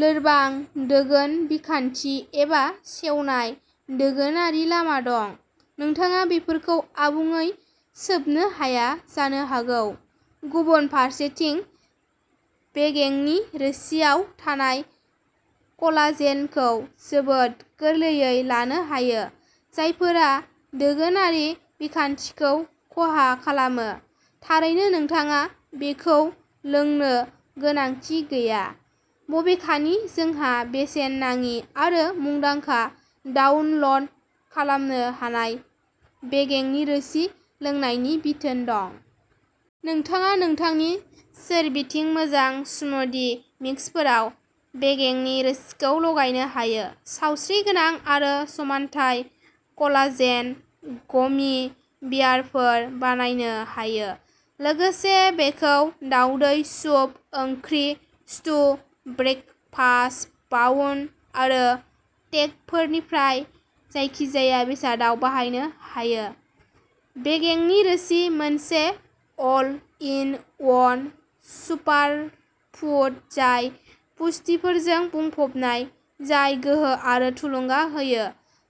लोरबां दोगोन बिखान्थि एबा सेवनाय दोगोनारि लामा दं नोंथाङा बेफोरखौ आबुङै सोबनो हाया जानो हागौ। गुबुन फारसेथिं बेगेंनि रोसिआव थानाय कलाजेनखौ जोबोद गोरलैयै लानो हायो जायफोरा दोगोनारि बिखान्थिखौ खहा खालामो। थारैनो नोंथाङा बेखौ लोंनो गोनांथि गैया बबेखानि जोंहा बेसेन नाङि आरो मुंदांखा डाउनल'ड खालामनो हानाय बेगेंनि रोसि लोंनायनि बिथोन दं। नोंथाङा नोंथांनि सोरबिथिं मोजां स्मूदि मिक्सफोराव बेगेंनि रोसिखौ गलायनो हायो सावस्रिगोनां आरो समानथाय कलाजेन गमी बियारफोर बानायनो हायो लोगोसे बेखौ दावदै सुप ओंख्रि स्टु ब्रेकफास्ट बाउल आरो टेक'फोरनिफ्राय जायखिजाया बेसादाव बाहायनो हायो। बेगेंनि रोसि मोनसे अल इन वन सुपारफुड जाय पुष्टिफोरजों बुंफबनाय जाय गोहो आरो थुलुंगा होयो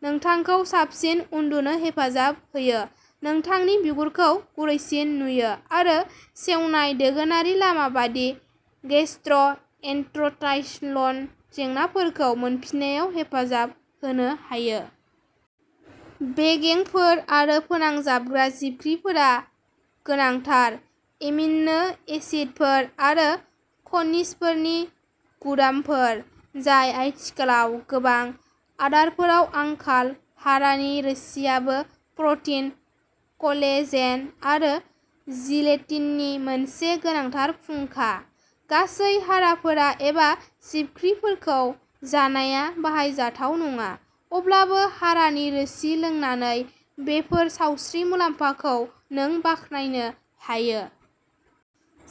नोंथांखौ साबसिन उन्दुनो हेफाजाब होयो नोंथांनि बिगुरखौ गुरैसिन नुयो आरो सेवनाय दोगोनारि लामा बायदि गेस्ट्र'इन्टेस्टाइनल जेंनाफोरखौ मोनफिननायाव हेफाजाब होनो हायो। बेगेंफोर आरो फोनांजाबग्रा जिबख्रिफोरा गोनांथार एमिनो एसिडफोर आरो खनिजफोरनि गुदामफोर जाय आथिखालाव गोबां आदारफोराव आंखाल हारानि रोसिआबो प्रटिन कलेजेन आरो जिलेटिननि मोनसे गोनांथार फुंखा। गासै हाराफोर एबा जिबख्रिफोरखौ जानाया बाहायजाथाव नङा अब्लाबो हारानि रोसि लोंनानै बेफोर सावस्रि मुलाम्फाखौ नों बाखनायनो हायो।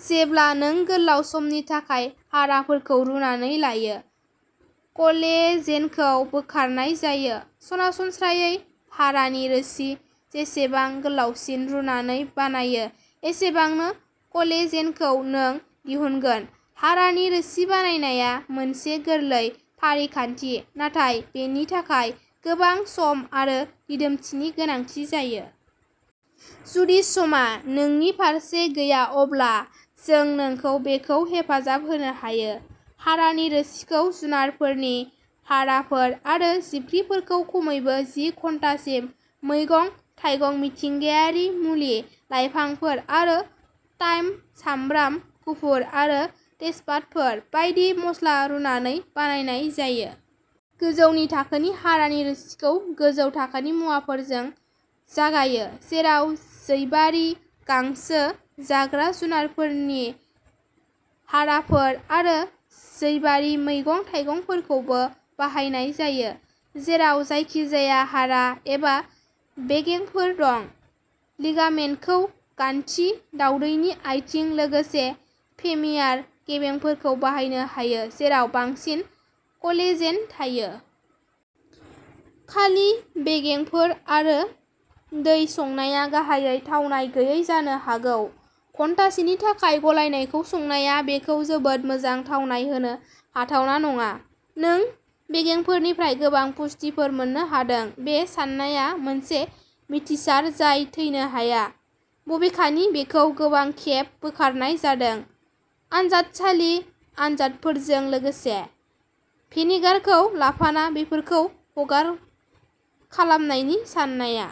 जेब्ला नों गोलाव समनि थाखाय हाराफोरखौ रुनानै लायो कलेजेनखौ बोखारनाय जायो। सरासनस्रायै हारानि रोसि जेसेबां गोलावसिन रुनानै बानायो एसेबांनो कलेजेनखौ नों दिहुनगोन हारानि रोसि बानायनाया मोनसे गोरलै फारिखान्थि नाथाय बेनि थाखाय गोबां सम आरो दिदोमथिनि गोनांथि जायो। जुदि समआ नोंनि फारसे गैया अब्ला जों नोंखौ बेखौ हेफाजाब होनो हायो। हारानि रोसिखौ जुनारफोरनि हाराफोर आरो जिबख्रिफोरखौ खमैबो जि घन्टासिम मैगं थाइगं मिथिंगायारि मुलि लाइफांफोर आरो थाइम सामब्राम गुफुर आरो तेजपातफोर बायदि मस्ला रुनानै बानायनाय जायो। गोजौनि थाखोनि हारानि रोसिखौ गोजौ थाखोनि मुवाफोरजों जागायो जेराव जैबारि गांसो जाग्रा जुनारफोरनि हाराफोर आरो जैबारि मैगं थाइगंफोरखौबो बाहायनाय जायो। जेराव जायखिजाया हारा एबा बेगेंफोर दं। लिगामेन्टखौ गान्थि दावदैनि आथिं लोगोसे फेमियार बेगेंफोरखौ बाहायनो हायो जेराव बांसिन कलेजेन थायो। खालि बेगेंफोर आरो दै संनाया गाहायै थावनाय गैयै जानो हागौ। घन्टासेनि थाखाय गलायनायखौ संनाया बेखौ जोबोद मोजां थावनाय होनो हाथावना नङा। नों बेगेंफोरनिफ्राय गोबां पुष्टिफोर मोन्नो हादों बे साननाया मोनसे मिथिसार जाय थैनो हाया बबेखानि बेखौ गोबां खेब बोखारनाय जादों आनजादसालि आनजादफोरजों लोगोसे। भिनेगारखौ लाफाना बेफोरखौ हगार खालामनायनि साननाया।